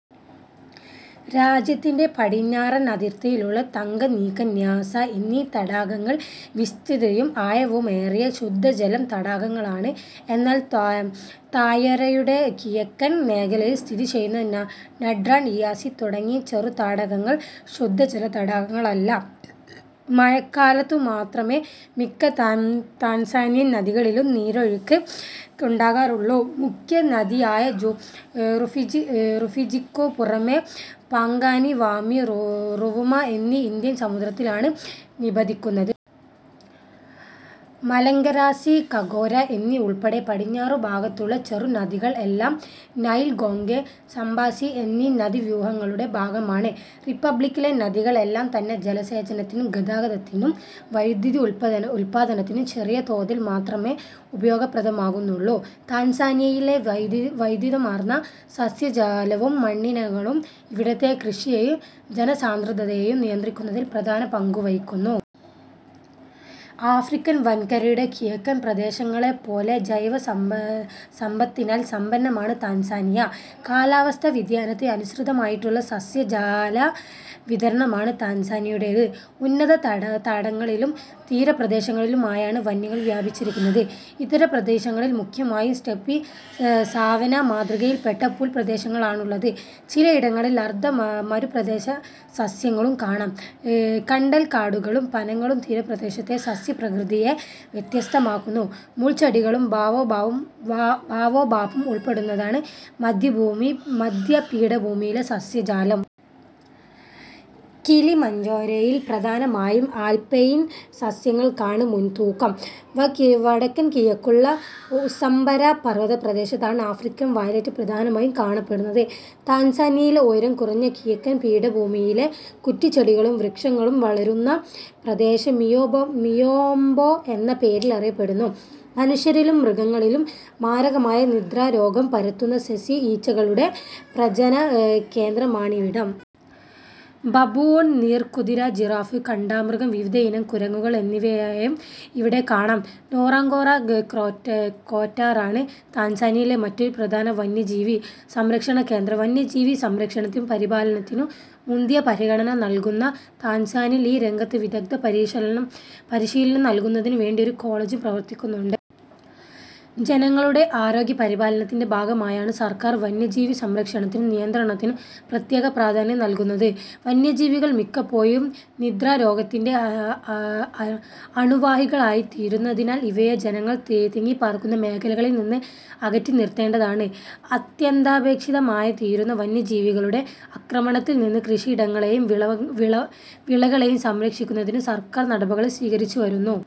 രാജ്യത്തിന്റെ പടിഞ്ഞാറൻ അതിർത്തിയിലുള്ള തങ്കനീക്ക, ന്യാസ എന്നീ തടാകങ്ങൾ വിസ്തൃതിയും ആഴവുമേറിയ ശുദ്ധജല തടാകങ്ങളാണ്. എന്നാൽ താഴ്വരയുടെ കിഴക്കൻ മേഖലയിൽ സ്ഥിതിചെയ്യുന്ന നാട്രൺ, ഇയാസി തുടങ്ങിയ ചെറുതടാകങ്ങൾ ശുദ്ധജലതടാകങ്ങളല്ല. മഴക്കാലത്തു മാത്രമേ മിക്ക താൻസാനിയൻ നദികളിലും നീരൊഴുക്ക് ഉണ്ടാകാറുള്ളൂ. മുഖ്യ നദിയായ റുഫിജിക്കു പുറമേ പാങ്ഗാനി, വാമി, റുവുമ എന്നിവ ഇന്ത്യൻ സമുദ്രത്തിലാണ് നിപതിക്കുന്നത്. മലഗരാസി, കഗേര എന്നിവ ഉൾപ്പെടെ പടിഞ്ഞാറുഭാഗത്തുള്ള ചെറുനദികൾ എല്ലാം നൈൽ, കോങ്ഗോ, സാംബസി എന്നീ നദീവ്യൂഹങ്ങളുടെ ഭാഗമാണ്. റിപ്പബ്ളിക്കിലെ നദികൾ എല്ലാംതന്നെ ജലസേചനത്തിനും ഗതാഗതത്തിനും വൈദ്യുതി ഉത്പാദനത്തിനും ചെറിയ തോതിൽ മാത്രമേ ഉപയോഗപ്രദമാകുന്നുള്ളൂ. താൻസാനിയയിലെ വൈവിധ്യമാർന്ന സസ്യജാലവും മണ്ണിനങ്ങളും ഇവിടത്തെ കൃഷിയേയും ജനസാന്ദ്രതയേയും നിയന്ത്രിക്കുന്നതിൽ പ്രധാന പങ്കുവഹിക്കുന്നു. ആഫ്രിക്കൻ വൻകരയുടെ കിഴക്കൻ പ്രദേശങ്ങളെപ്പോലെ ജൈവസമ്പത്തിനാൽ സമ്പന്നമാണ് താൻസാനിയ. കാലാവസ്ഥാ വ്യതിയാനത്തിന് അനുസൃതമായിട്ടുള്ള സസ്യജാല വിതരണമാണ് താൻസാനിയയുടേത്. ഉന്നതതടങ്ങളിലും തീരപ്രദേശങ്ങളിലുമായാണ് വനങ്ങൾ വ്യാപിച്ചിരിക്കുന്നത്. ഇതര പ്രദേശങ്ങളിൽ മുഖ്യമായും സ്റ്റെപ്പി-സാവന്ന മാതൃകയിൽപ്പെട്ട പുൽപ്രദേശങ്ങളാണുള്ളത്. ചിലയിടങ്ങളിൽ അർധ മരുപ്രദേശസസ്യങ്ങളും കാണാം. കണ്ടൽക്കാടുകളും പനകളും തീരദേശത്തെ സസ്യപ്രകൃതിയെ വ്യത്യസ്തമാക്കുന്നു. മുൾച്ചെടികളും ബാവോ ബാബും ഉൾപ്പെടുന്നതാണ് മധ്യപീഠഭൂമിയിലെ സസ്യജാലം. കിലിമഞ്ജാരോയിൽ പ്രധാനമായും ആൽപൈൻ സസ്യങ്ങൾക്കാണ് മുൻതൂക്കം. വ. കിഴക്കുള്ള ഉസംബരാ പർവതപ്രദേശത്താണ് 'ആഫ്രിക്കൻ വയലറ്റ്' പ്രധാനമായും കാണപ്പെടുന്നത്. താൻസാനിയയിലെ ഉയരം കുറഞ്ഞ കിഴക്കൻ പീഠഭൂമിയിലെ കുറ്റിച്ചെടികളും വൃക്ഷങ്ങളും വളരുന്ന പ്രദേശം മിയോംബോ എന്ന പേരിൽ അറിയപ്പെടുന്നു. മനുഷ്യരിലും മൃഗങ്ങളിലും മാരകമായ നിദ്രാരോഗം പരത്തുന്ന സെസി ഈച്ചകളുടെ പ്രജനനകേന്ദ്രമാണിവിടം. ബബൂൺ, നീർക്കുതിര, ജിറാഫ്, കാണ്ടാമൃഗം, വിവിധയിനം കുരങ്ങുകൾ എന്നിവയെയും ഇവിടെ കാണാം. നോറംഗോറ ക്രേറ്ററാണ് താൻസാനിയയിലെ മറ്റൊരു പ്രധാന വന്യജീവി സംരക്ഷണ കേന്ദ്രം. വന്യജീവി സംരക്ഷണത്തിനും പരിപാലനത്തിനും മുന്തിയ പരിഗണന നല്കുന്ന താൻസാനിയയിൽ ഈ രംഗത്ത് വിദഗ്ദ്ധ പരിശീലനം നല്കുന്നതിനു വേണ്ടി ഒരു കോളജും പ്രവർത്തിക്കുന്നുണ്ട്. ജനങ്ങളുടെ ആരോഗ്യ പരിപാലനത്തിന്റെ ഭാഗമായാണ് സർക്കാർ വന്യജീവി സംരക്ഷണത്തിനും നിയന്ത്രണത്തിനും പ്രത്യേക പ്രാധാന്യം നല്കുന്നത്. വന്യജീവികൾ മിക്കപ്പോഴും നിദ്രാരോഗത്തിന്റെ അണുവാഹികളായിത്തീരുന്നതിനാൽ ഇവയെ ജനങ്ങൾ തിങ്ങിപ്പാർക്കുന്ന മേഖലകളിൽ നിന്ന് അകറ്റി നിർത്തേണ്ടത് അത്യന്താപേക്ഷിതമായി തീരുന്നു. വന്യജീവികളുടെ ആക്രമണത്തിൽ നിന്ന് കൃഷിയിടങ്ങളേയും വിളകളേയും സംരക്ഷിക്കുന്നതിനും സർക്കാർ നടപടികൾ സ്വീകരിച്ചുവരുന്നു.